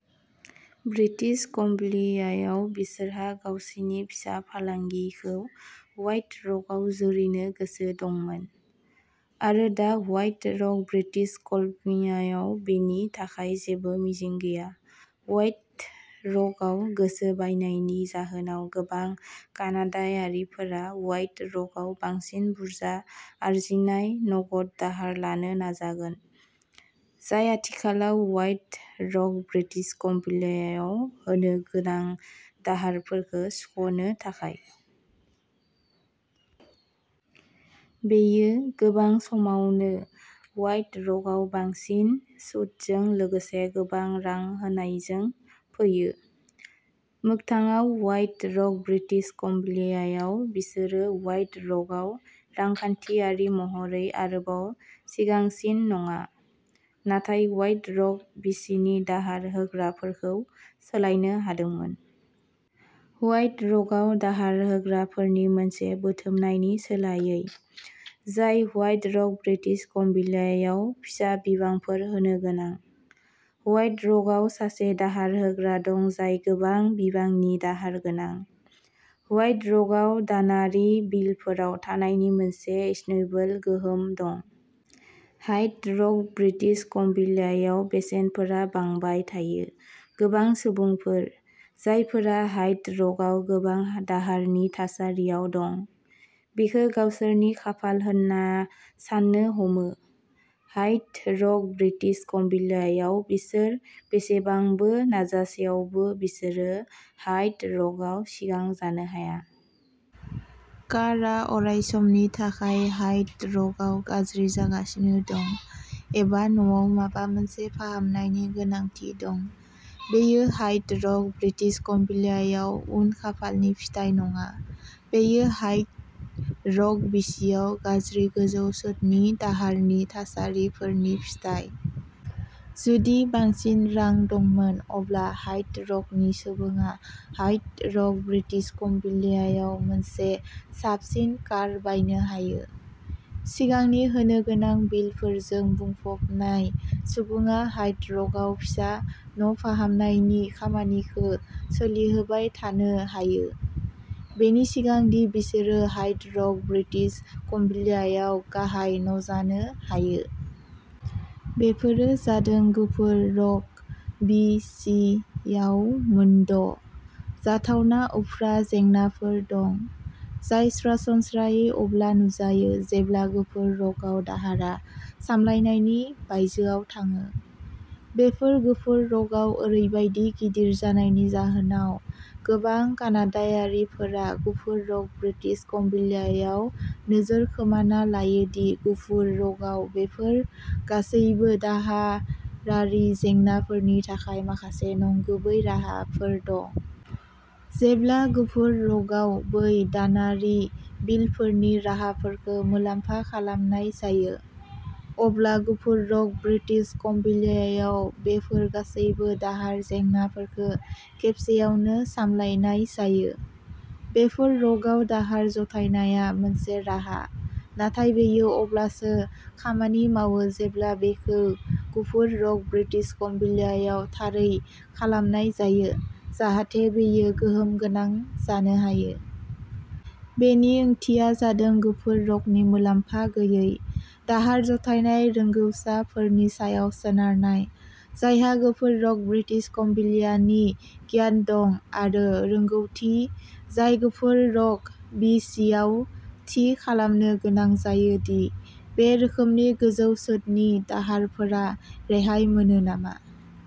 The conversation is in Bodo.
ब्रिटिश कमब्लियायाव बिसोरहा गावसिनि फिसा फालांगिखौ व्हाइट रकआव जुरिनो गोसो दंमोन, आरो दा व्हाइट रक ब्रिटिश कमब्लियायाव बेनि थाखाय जेबो मिजिं गैया। व्हाइट रकआव गोसो बायनायनि जाहोनाव गोबां कानाडायारिफोरा व्हाइट रकआव बांसिन बुरजा आरजिनाय नगद दाहार लानो नाजागोन, जाय आथिखालाव व्हाइट रक ब्रिटिश कमब्लियायाव होनो गोनां दाहारफोरखौ सुख'नो थाखाय। बेयो गोबां समावनो व्हाइट रकआव बांसिन सुदजों लोगोसे गोबां रां होनायजों फैयो। मोगथाङाव व्हाइट रक ब्रिटिश कमब्लियायाव बिसोरो व्हाइट रकआव रांखान्थियारि महरै आरोबाव सिगांसिन नङा, नाथाय व्हाइट रक बिसिनि दाहार होग्राफोरखौ सोलायनो हादोंमोन। व्हाइट रकआव दाहार होग्राफोरनि मोनसे बुथुमनायनि सोलायै, जाय व्हाइट रक ब्रिटिश कलम्बियायाव फिसा बिबांफोर होनोगोनां, व्हाइट रकआव सासे दाहार होग्रा दं जाय गोबां बिबांनि दाहार गोनां। व्हाइट रकआव दानारि बिलफोराव थानायनि मोनसे स्नोबल गोहोम दं। ह्वाइट रक ब्रिटिश कमब्लियायाव बेसेनफोरा बांबाय थायो। गोबां सुबुंफोर, जायफोरा ह्वाइट रकआव गोबां दाहारनि थासारियाव दं, बेखौ गावसोरनि खाफाल होनना साननो हमो। ह्वाइट रक ब्रिटिश कमब्लियायाव बिसोर बेसेबांबो नाजासेयावबो बिसोरो ह्वाइट रकआव सिगां जानो हाया। कारआ अरायसमनि थाखाय ह्वाइट रकआव गाज्रि जागासिनो दं, एबा न'आव माबा मोनसे फाहामनायनि गोनांथि दं। बेयो ह्वाइट रक ब्रिटिश कलम्बियायाव उन खाफालनि फिथाय नङा; बेयो ह्वाइट रक बिसियाव गाज्रि गोजौ सुतनि दाहारनि थासारिफोरनि फिथाय। जुदि बांसिन रां दंमोन अब्ला ह्वाइट रकनि सुबुङा ह्वाइट रक ब्रिटिश कमब्लियायाव मोनसे साबसिन कार बायनो हायो। सिगांनि होनो गोनां बिलफोरजों बुंफबनाय सुबुङा ह्वाइट रकआव फिसा न'फाहामनायनि खामानिखौ सोलिहोबाय थानो हायो, बेनि सिगां दि बिसोरो ह्वाइट रक ब्रिटिश कमब्लियायाव गाहाय न'जानो हायो। बेफोरो जादों गुफुर रक बि सि आव मोन द' जाथावना उफ्रा जेंनाफोर दं, जाय सरासनस्रायै अब्ला नुजायो जेब्ला गुफुर रकआव दाहारआ सामलायनायनि बायजोआव थाङो। बेफोर गुफुर रकआव ओरैबायदि गिदिर जानायनि जाहोनाव गोबां कानाडायारिफोरा गुफुर रक ब्रिटिश कमब्लियायाव नोजोर खोमाना लायो दि गुफुर रकआव बेफोर गासैबो दाहारारि जेंनाफोरनि थाखाय माखासे नंगुबै राहाफोर दं। जेब्ला गुफुर रकआव बै दानारि बिलफोरनि राहाफोरखौ मुलाम्फा खालामनाय जायो, अब्ला गुफुर रक ब्रिटिश कलम्बियायाव बेफोर गासैबो दाहार जेंनाफोरखौ खेबसेआवनो सामलायनाय जायो। गुफुर रकआव दाहार जथायनाया मोनसे राहा, नाथाय बेयो अब्लासो खामानि मावो जेब्ला बेखौ गुफुर रक ब्रिटिश कमब्लियायाव थारै खालामनाय जायो, जाहाथे बेयो गोहोम गोनां जानो हायो। बेनि ओंथिया जादों गुफुर रकनि मुलाम्फा गैयै दाहार जथायनाय रोंग'साफोरनि सायाव सोनारनाय, जायहा गुफुर रक ब्रिटिश कमब्लियायाव गियान दं आरो रोंग'थि जाय गुफुर रक बि सि आव थि खालामनो गोनां जायो दि बे रोखोमनि गोजौ सुतनि दाहारफोरा रेहाय मोनो नामा।